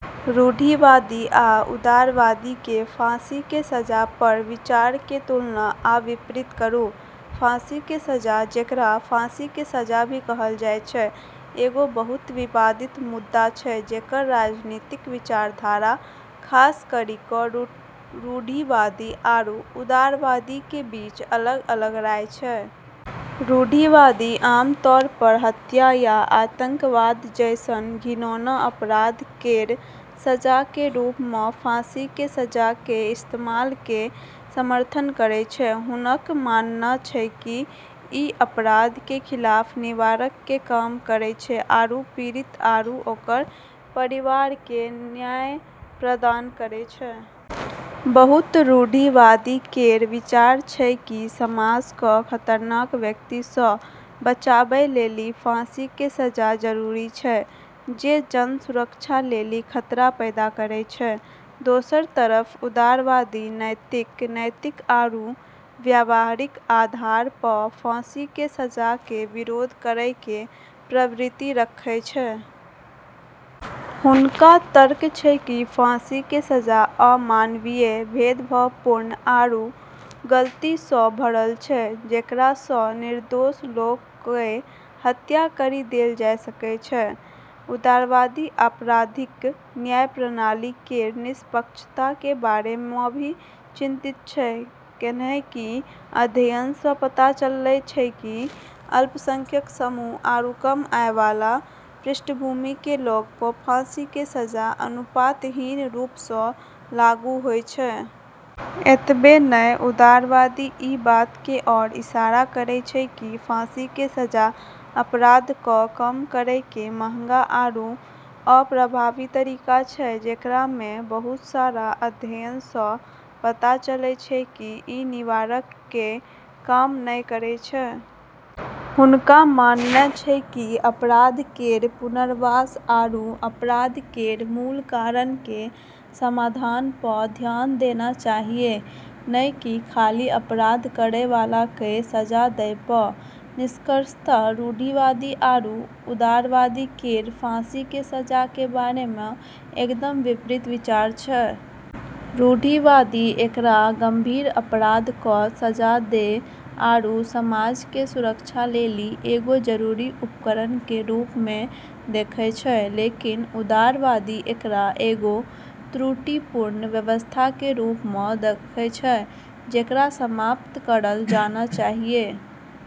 रूढ़िवादी आ उदारवादी के फांसी के सजा पर विचार के तुलना आ विपरीत करू। फांसी के सजा, जेकरा फांसी के सजा भी कहलऽ जाय छै, एगो बहुत विवादित मुद्दा छै जेकरऽ राजनीतिक विचारधारा खास करी क॑ रूढ़िवादी आरू उदारवादी के बीच अलग-अलग राय छै। रूढ़िवादी आम तौर पर हत्या या आतंकवाद जैसनऽ घिनौना अपराध केरऽ सजा के रूप म॑ फांसी के सजा के इस्तेमाल के समर्थन करै छै। हुनकऽ मानना छै कि ई अपराध के खिलाफ निवारक के काम करै छै आरू पीड़ित आरू ओकरऽ परिवार क॑ न्याय प्रदान करै छै। बहुत रूढ़िवादी केरऽ विचार छै कि समाज क॑ खतरनाक व्यक्ति स॑ बचाबै लेली फांसी के सजा जरूरी छै जे जन सुरक्षा लेली खतरा पैदा करै छै। दोसरऽ तरफ उदारवादी नैतिक, नैतिक आरू व्यावहारिक आधार प॑ फांसी के सजा के विरोध करै के प्रवृत्ति रखै छै। हुनकऽ तर्क छै कि फांसी के सजा अमानवीय, भेदभावपूर्ण आरू गलती स॑ भरलऽ छै जेकरा स॑ निर्दोष लोगऽ क॑ हत्या करी देलऽ जाय सकै छै। उदारवादी आपराधिक न्याय प्रणाली केरऽ निष्पक्षता के बारे म॑ भी चिंतित छै, कैन्हेंकि अध्ययनऽ स॑ पता चललै छै कि अल्पसंख्यक समूह आरू कम आय वाला पृष्ठभूमि के लोगऽ प॑ फांसी के सजा अनुपातहीन रूप स॑ लागू होय छै। एतबे नै, उदारवादी ई बात के ओर इशारा करै छै कि फांसी के सजा अपराध क॑ कम करै के महंगा आरू अप्रभावी तरीका छै, जेकरा म॑ बहुत सारा अध्ययनऽ स॑ पता चलै छै कि ई निवारक के काम नै करै छै। हुनकऽ मानना छै कि अपराध केरऽ पुनर्वास आरू अपराध केरऽ मूल कारणऽ के समाधान प॑ ध्यान देना चाहियऽ, नै कि खाली अपराध करै वाला क॑ सजा दै प॑। निष्कर्षतः रूढ़िवादी आरू उदारवादी केरऽ फांसी के सजा के बारे म॑ एकदम विपरीत विचार छै। रूढ़िवादी एकरा गंभीर अपराध क॑ सजा दै आरू समाज के सुरक्षा लेली एगो जरूरी उपकरण के रूप म॑ देखै छै, लेकिन उदारवादी एकरा एगो त्रुटिपूर्ण व्यवस्था के रूप म॑ देखै छै जेकरा समाप्त करलऽ जाना चाहियऽ।